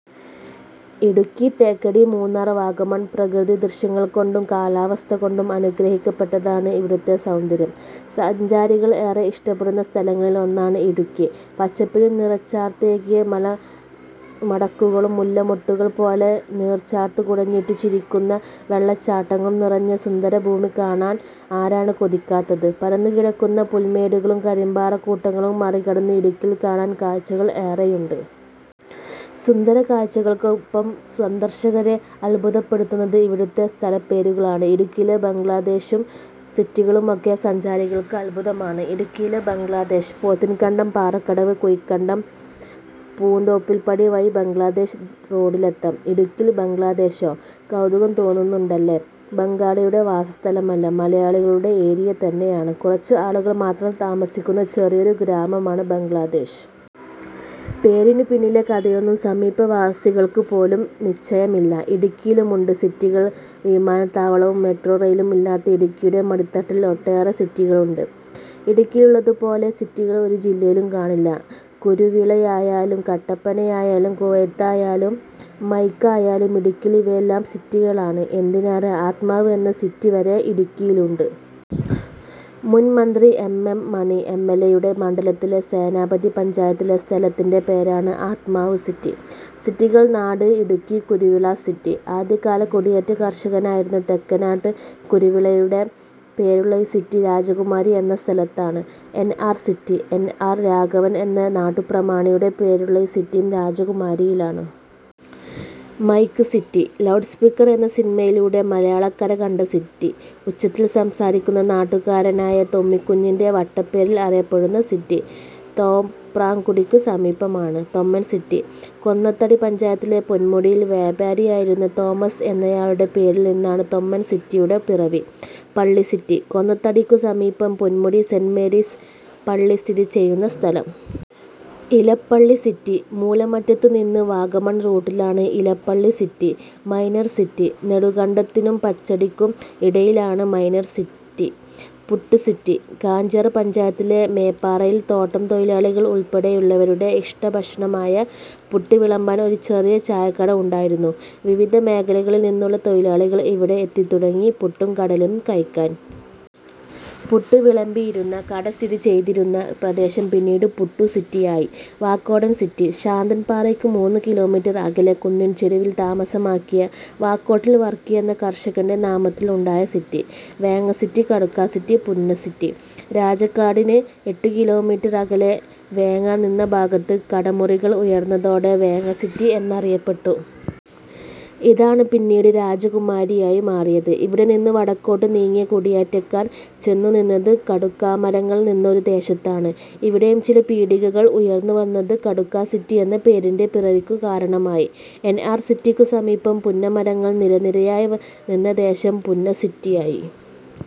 ഇടുക്കി, തേക്കടി, മൂന്നാർ, വാഗമൺ പ്രകൃതിദൃശ്യങ്ങൾകൊണ്ടും കാലാവസ്ഥകൊണ്ടും അനുഗ്രഹിക്കപ്പെട്ടതാണ് ഇവിടുത്തെ സൗന്ദര്യം. സഞ്ചാരികൾ ഏറെ ഇഷ്ടപ്പെടുന്ന സ്ഥലങ്ങളിലൊന്നാണ് ഇടുക്കി. പച്ചപ്പിനു നിറച്ചാർത്തേകിയ മലമടക്കുകളും മുല്ലമൊട്ടുകൾ പോലെ നീർച്ചാർത്തു കുടഞ്ഞിട്ടു ചിരിക്കുന്ന വെള്ളച്ചാട്ടങ്ങളും നിറഞ്ഞ സുന്ദരഭൂമി കാണാൻ ആരാണ് കൊതിക്കാത്തത്. പരന്നുകിടക്കുന്ന പുൽമേടുകളും കരിമ്പാറക്കൂട്ടങ്ങളും മറികടന്ന് ഇടുക്കിയിൽ കാണാൻ കാഴ്ചകൾ ഏറെയുണ്ട്. സുന്ദര കാഴ്ചകൾക്കൊപ്പം സന്ദർശകരെ അദ്ഭുതപ്പെടുത്തുന്നത് ഇവിടുത്തെ സ്ഥലപേരുകളാണ്. ഇടുക്കിയിലെ ബംഗ്ലദേശും സിറ്റികളുമൊക്കെ സഞ്ചാരികൾക്ക് അദ്ഭുതമാണ്. ഇടുക്കിയിലെ ബംഗ്ലദേശ്, പോത്തിൻകണ്ടം- പാറക്കടവ്- കുഴിക്കണ്ടം-പൂന്തോപ്പിൽപടി വഴി ബംഗ്ലദേശ് റോഡിലെത്താം. ഇടുക്കിയിൽ ബംഗ്ലദേശോ? കൗതുകം തോന്നുന്നുണ്ടല്ലേ? ബംഗാളിയുടെ വാസസ്ഥലമല്ല. മലയാളികളുടെ ഏരിയ തന്നെയാണ്. കുറച്ച് ആളുകൾ മാത്രം താമസിക്കുന്ന ചെറിയൊരു ഗ്രാമമാണ് ബംഗ്ലദേശ്. പേരിനു പിന്നിലെ കഥയൊന്നും സമീപവാസികൾക്കുപോലും നിശ്ചയമില്ല. ഇടുക്കിയിലുണ്ട് സിറ്റികൾ വിമാനത്താവളവും മെട്രോ റെയിലും ഇല്ലാത്ത ഇടുക്കിയുടെ മടിത്തട്ടിൽ ഒട്ടേറെ സിറ്റികളുണ്ട്. ഇടുക്കിയിലുള്ളതുപോലെ സിറ്റികൾ ഒരു ജില്ലയിലും കാണില്ല. കുരുവിളയായാലും കട്ടപ്പനയായാലും കുവൈത്തായാലും മൈക്ക് ആയാലും ഇടുക്കിയിൽ ഇവയെല്ലാം സിറ്റികളാണ്. എന്തിനേറെ, ' ആത്മാവ് ' എന്ന സിറ്റി വരെ ഇടുക്കിയിലുണ്ട്. മുൻ മന്ത്രി എം. എം. മണി എംഎൽഎയുടെ മണ്ഡലത്തിലെ സേനാപതി പഞ്ചായത്തിലെ സ്ഥലത്തിന്റെ പേരാണ് ആത്മാവ്സിറ്റി. സിറ്റികൾ നാട് ഇടുക്കി കുരുവിള സിറ്റി: ആദ്യകാല കുടിയേറ്റ കർഷകനായിരുന്ന തെക്കനാട്ട് കുരുവിളയുടെ പേരിലുള്ള ഈ സിറ്റി രാജകുമാരി എന്ന സ്ഥലത്താണ്. NR city: N. R. Raghavan എന്ന നാട്ടുപ്രമാണിയുടെ പേരിലുള്ള ഈ സിറ്റിയും രാജകുമാരിയിലാണ്. മൈക്ക് സിറ്റി: ലൗഡ്സ്പീക്കർ എന്ന സിനിമയിലൂടെ മലയാളക്കര കണ്ട സിറ്റി, ഉച്ചത്തിൽ സംസാരിക്കുന്ന നാട്ടുകാരനായ തൊമ്മിക്കുഞ്ഞിന്റെ വട്ടപ്പേരിൽ അറിയപ്പെടുന്ന സിറ്റി തോപ്രാംകുടിക്കു സമീപമാണ്. തൊമ്മൻ സിറ്റി: കൊന്നത്തടി പഞ്ചായത്തിലെ പൊന്മുടിയിൽ വ്യാപാരിയായിരുന്ന തോമസ് എന്നയാളുടെ പേരിൽ നിന്നാണ് തൊമ്മൻ സിറ്റിയുടെ പിറവി. പള്ളി സിറ്റി: കൊന്നത്തടിക്കു സമീപം പൊൻമുടി സെന്റ് മേരീസ് പള്ളി സ്ഥിതിചെയ്യുന്ന സ്ഥലം. ഇലപ്പള്ളി സിറ്റി: മൂലമറ്റത്തുനിന്ന് വാഗമൺ റൂട്ടിലാണ് ഇലപ്പള്ളി സിറ്റി. മൈനർ സിറ്റി: നെടുങ്കണ്ടത്തിനും പച്ചടിക്കും ഇടയിലാണ് minor city. Puttu city: Kanchiyar പഞ്ചായത്തിലെ മേപ്പാറയിൽ തോട്ടം തൊഴിലാളികൾ ഉൾപ്പെടെയുള്ളവരുടെ ഇഷ്ടഭക്ഷണമായ പുട്ട് വിളമ്പാൻ ഒരു ചെറിയ ചായക്കട ഉണ്ടായിരുന്നു. വിവിധ മേഖലകളിൽ നിന്നുള്ള തൊഴിലാളികൾ ഇവിടെ എത്തിത്തുടങ്ങി, പുട്ടും കടലയും കഴിക്കാൻ. പുട്ട് വിളമ്പിയിരുന്ന കട സ്ഥിതിചെയ്തിരുന്ന പ്രദേശം പിന്നീട് പുട്ടുസിറ്റിയായി. വാക്കോടൻ സിറ്റി: ശാന്തൻപാറയ്ക്ക് മൂന്നു കിലോമീറ്റർ അകലെ കുന്നിൻചെരുവിൽ താമസമാക്കിയ വാക്കോട്ടിൽ വർക്കി എന്ന കർഷകന്റെ നാമത്തിൽ ഉണ്ടായ city. Venga city, Kadukka city, Punna city: രാജാക്കാടിന് എട്ടു കിലോമീറ്റർ അകലെ വേങ്ങ നിന്ന ഭാഗത്ത് കടമുറികൾ ഉയർന്നതോടെ വേങ്ങ സിറ്റി എന്നറിയപ്പെട്ടു. ഇതാണ് പിന്നീട് രാജകുമാരിയായി മാറിയത്. ഇവിടെനിന്നു വടക്കോട്ടു നീങ്ങിയ കുടിയേറ്റക്കാർ ചെന്നുനിന്നത് കടുക്കാമരങ്ങൾ നിന്ന ഒരു ദേശത്താണ്. ഇവിടെയും ചില പീടികകൾ ഉയർന്നുവന്നത് കടുക്കാ സിറ്റിയെന്ന പേരിന്റെ പിറവിക്കു കാരണമായി. എൻആർ സിറ്റിക്കു സമീപം പുന്നമരങ്ങൾ നിരനിരയായി നിന്ന ദേശം പുന്ന സിറ്റിയായി.